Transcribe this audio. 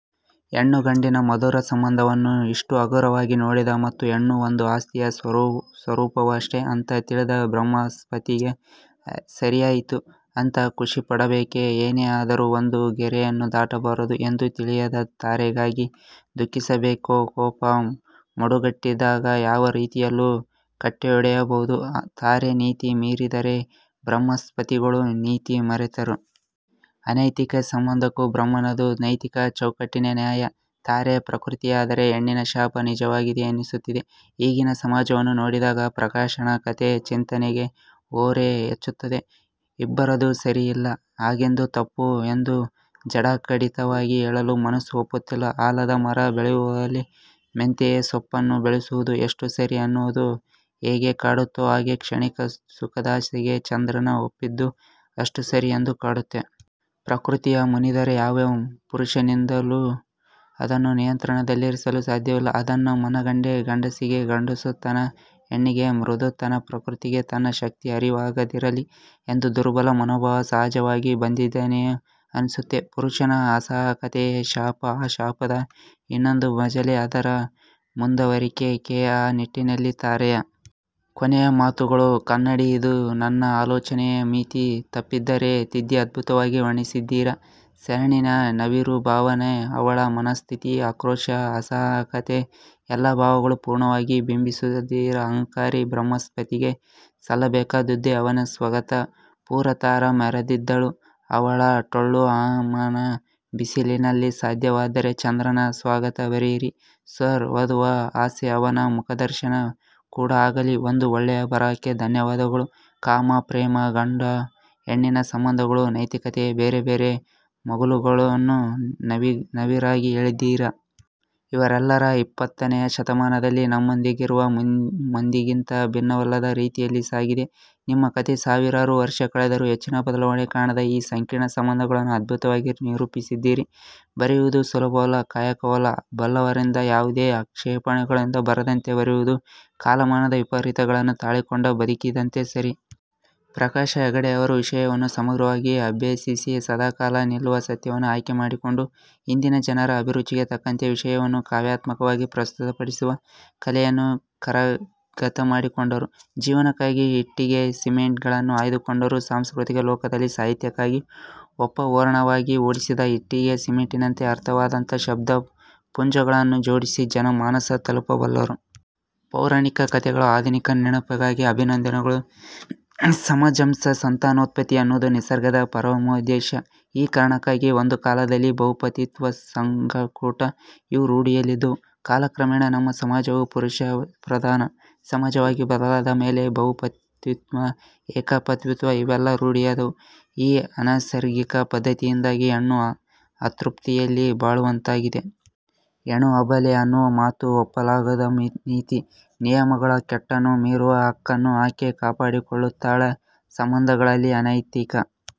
ಹೆಣ್ಣು ಗಂಡಿನ ಮಧುರ ಸಂಬಂಧವನ್ನು ಇಷ್ಟು ಹಗುರವಾಗಿ ನೋಡಿದ ಮತ್ತು ಹೆಣ್ಣು ಒಂದು ಆಸ್ತಿಯ ಸ್ವರುಪವಷ್ಟೇ ಅಂತ ತಿಳಿದ ಭ್ರುಹಸ್ಪತಿಗೆ ಸರಿಯಾಯಿತು ಅಂತ ಖುಶಿಪಡಬೇಕೇ ಏನೇ ಆದರು ಒಂದು ಗೆರೆಯನ್ನು ದಾಟಬಾರದು ಎಂದು ತಿಳಿಯದ ತಾರೆಗಾಗಿ ದುಃಖಿಸಬೇಕೆಕೋಪ ಮಡುಗಟ್ಟಿದಾಗ ಯಾವ ರೀತಿಯಲ್ಲೂ ಕಟ್ಟೆಯೊಡೆಯಬಹುದು. ತಾರೆ ನೀತಿ ಮೀರಿದರೆ ಬ್ರಹಸ್ಪತಿಗಳು ನೀತಿ ಮರೆತರು. ಅನೈತಿಕ ಸಂಬಂಧಕ್ಕೂ ಬ್ರಹ್ಮನದು ನೈತಿಕ ಚೌಕಟ್ಟಿನ ನ್ಯಾಯ. ತಾರೆ ಪ್ರಕೃತಿಯಾದರೆ ಹೆಣ್ಣಿನ ಶಾಪ ನಿಜವಾಗಿದೆ ಎನಿಸುತ್ತಿದೆ ಈಗಿನ ಸಮಾಜವನ್ನು ನೋಡಿದಾಗ. ಪ್ರಕಾಶಣ್ಣ ಕಥೆ ಚಿಂತನೆಗೆ ಓರೆ ಹಚ್ಚುತ್ತದೆ. ಇಬ್ಬರದೂ ಸರಿಯಲ್ಲ ಹಾಗೆಂದು ತಪ್ಪು ಎಂದು ಖಡಾಖಂಡಿತವಾಗಿ ಹೇಳಲು ಮನಸ್ಸು ಒಪ್ಪುತ್ತಿಲ್ಲ. ಆಲದ ಮರ ಬೆಳೆಯುವಲ್ಲಿ ಮೆಂತೆಯ ಸೊಪ್ಪುನ್ಣು ಬೆಳೆಸುವುದು ಎಷ್ಟು ಸರಿ ಎನ್ನುವುದು ಹೇಗೆ ಕಾಡುತ್ತೋ ಹಾಗೆ ಕ್ಷಣಿಕ ಸುಖದಾಸೆಗೆ ಚಂದ್ರನ ಒಪ್ಪಿದ್ದೂ ಎಷ್ಟು ಸರಿ ಎಂದು ಕಾಡುತ್ತೆ. ಪ್ರಕೃತಿಯ ಮುನಿದರೆ ಯಾವ ಪುರುಷನಿಂದಲು ಅದನ್ನು ನಿಯಂತ್ರಣದಲ್ಲಿರಿಸಲು ಸಾದ್ಯವಿಲ್ಲ. ಅದನ್ನು ಮನಗಂಡೇ ಗಂಡಸಿಗೆ ಗಡಸುತನ ಹೆಣ್ಣಿಗೆ ಮೃದುತನಪ್ರಕೃತಿಗೆ ತನ್ನ ಶಕ್ತಿ ಅರಿವಾಗದಿರಲಿ ಎಂದು ದುರ್ಬಲ ಮನೋಭಾವ ಸಹಜವಾಗಿ ಬಂದಿದೆಯೇನೋ ಅನ್ಸುತ್ತೆ.. ಪುರುಷನ ಅಸಹಾಯಕತೆಯೇ ಶಾಪ. ಆ ಶಾಪದ ಇನ್ನೊಂದು ಮಜಲೇ ಅದರ ಮುಂದುವರಿಕೆಆ ನಿಟ್ಟಿನಲ್ಲಿ ತಾರೆಯ ಕೊನೆಯ ಮಾತುಗಳು ಕನ್ನಡಿಇದು ನನ್ನ ಆಲೋಚನೆಯ ಮಿತಿ ತಪ್ಪಿದ್ದರೆ ತಿದ್ದಿಅದ್ಭುತವಾಗಿ ವರ್ಣಿಸಿದ್ದೀರಾ ಸರ್ಹೆಣ್ಣಿನ ನವಿರು ಭಾವನೆ ಅವಳ ಮನಸ್ಥಿತಿ ಆಕ್ರೋಶ ಅಸಹಾಯಕತೆ ಎಲ್ಲಾ ಭಾವಗಳು ಪೂರ್ಣವಾಗಿ ಬಿಂಬಿಸಿದ್ದೀರಾಅಹಂಕಾರಿ ಬೃಹಸ್ಪತಿಗೆ ಸಲ್ಲ ಬೇಕಾದ್ದುದ್ದೆ ಅವನ ಸ್ವಗತ ಪೂರಾ ತಾರ ಮೆರೆದಿದ್ದಳು ಅವನ ಠೊಳ್ಳು ಅಹಂನ ಬಿಸಿಲನಲ್ಲಿಸಾಧ್ಯವಾದರೆ ಚಂದ್ರನ ಸ್ವಗತ ಬರೆಯಿರಿ ಸರ್ ಓದುವ ಆಸೆಅವನ ಮುಖದರ್ಶನ ಕೂಡ ಆಗಲಿಒಂದು ಒಳ್ಳೆಯ ಬರಹಕ್ಕೆ ಧನ್ಯವಾದಗಳು ಕಾಮ, ಪ್ರೇಮ, ಗಂಡು ಹೆಣ್ಣಿನ ಸಂಬಂದಗಳು, ನೈತಿಕತೆಯ ಬೇರೆಬೇರೆ ಮಗ್ಗುಲುಗಳನ್ನು ನವಿರಾಗಿ ಹೇಳಿದ್ದಿರಾ. ಇವರೆಲ್ಲ ಇಪ್ಪತ್ತೊಂದನೆಯ ಶತಮಾನದಲ್ಲಿ ನಮ್ಮೊಂದಿಗಿರುವ ಮಂದಿಗಿಂತ ಭಿನ್ನವಲ್ಲದ ರೀತಿಯಲ್ಲಿ ಸಾಗಿದೆ ನಿಮ್ಮ ಕತೆ. ಸಾವಿರಾರು ವರುಷ ಕಳೆದರೂ ಹೆಚ್ಚಿನ ಬದಲಾವಣೆ ಕಾಣದ ಈ ಸಂಕೀರ್ಣ ಸಂಬಂದಗಳನ್ನು ಅದ್ಬುತವಾಗಿ ನಿರೂಪಿಸಿದ್ಡಿರಿ. ಬರೆಯುವದು ಸುಲಭದ ಕಾಯಕವಲ್ಲ. ಬಲ್ಲವರಿಂದ ಯಾವುದೇ ಆಕ್ಷೇಪಣೆಗಳೂ ಬರದಂತೆ ಬರೆಯುವದು ಕಾಲಮಾನದ ವಿಪರೀತಗಳನ್ನು ತಾಳಿಕೊಂಡು ಬದುಕಿದಂತೆ ಸರಿ. ಪ್ರಕಾಶ ಹೆಗಡೆಯವರು ವಿಷಯವನ್ನು ಸಮಗ್ರವಾಗಿ ಅಭ್ಯಸಿಸಿ ಸದಾಕಾಲ ನಿಲ್ಲುವ ಸತ್ಯವನ್ನು ಆಯ್ಕೆಮಾಡಿಕೊಂಡು ಇಂದಿನ ಜನರ ಅಭಿರುಚಿಗೆ ತಕ್ಕಂತೆ ವಿಷಯವನ್ನು ಕಾವ್ಯಾತ್ಮಕವಾಗಿ ಪ್ರಸ್ತುತ ಪಡಿಸುವ ಕಲೆಯನ್ನು ಕರಗತಮಾಡಿಕೊಂಡವರು. ಜೀವನಕ್ಕಾಗಿ ಇಟ್ಟಿಗೆ ಸಿಮೆಂಟ್ ಗಳನ್ನು ಆಯ್ದುಕೊಂಡರೂ ಸಾಂಸ್ಕ್ರತಿಕ ಲೋಕದಲ್ಲಿ ಸಾಹಿತ್ಯಿಕವಾಗಿ ಒಪ್ಪ ಓರಣವಾಗಿ ಜೋಡಿಸಿದ ಇಟ್ಟಿಗೆ ಸಿಮೆಂಟಿನಂತೆ ಅರ್ಥವತ್ತಾದ ಶಬ್ದ ಪುಂಜಗಳನ್ನು ಜೋಡಿಸಿ ಜನ ಮಾನಸ ತಲುಪಬಲ್ಲವರು. ಪೌರಾಣಿಕ ಕತೆಗಳ ಆಧುನಿಕ ನಿರೂಪಣೆಗಾಗಿ ಅಭಿನಂದನೆಗಳು. ಸಮಂಜಸ ಸಂತಾನೋತ್ಪತ್ತಿ ಎನ್ನುವುದು ನಿಸರ್ಗದ ಪರಮೋದ್ದೇಶ. ಈ ಕಾರಣಕ್ಕಾಗಿಯೇ ಒಂದು ಕಾಲದಲ್ಲಿ ಬಹುಪತಿತ್ವ, ಸಂಘಕೂಟ ಇವು ರೂಢಿಯಲ್ಲಿದ್ದವು. ಕಾಲಕ್ರಮೇಣ ನಮ್ಮ ಸಮಾಜವು ಪುರುಷಪ್ರಧಾನ ಸಮಾಜವಾಗಿ ಬದಲಾದ ಮೇಲೆ ಬಹುಪತ್ನಿತ್ವ ಏಕಪತಿತ್ವ ಇವೆಲ್ಲ ರೂಢಿಯಾದವು. ಈ ಅನೈಸರ್ಗಿಕ ಪದ್ಧತಿಯಿಂದಾಗಿ ಹೆಣ್ಣು ಅತೃಪ್ತಿಯಲ್ಲಿ ಬಾಳುವಂತಾಗಿದೆ. ಹೆಣ್ಣು ಅಬಲೆ ಅನ್ನುವ ಮಾತು ಒಪ್ಪಲಾಗದುನೀತಿ ನಿಯಮಗಳ ಕಟ್ಟನ್ನು ಮೀರುವ ಹಕ್ಕನ್ನು ಆಕೆ ಕಾಪಾಡಿಕೊಂಡಿರುತ್ತಾಳೆಸಂಬಂಧಗಳಲ್ಲಿ ಅನೈತಿಕ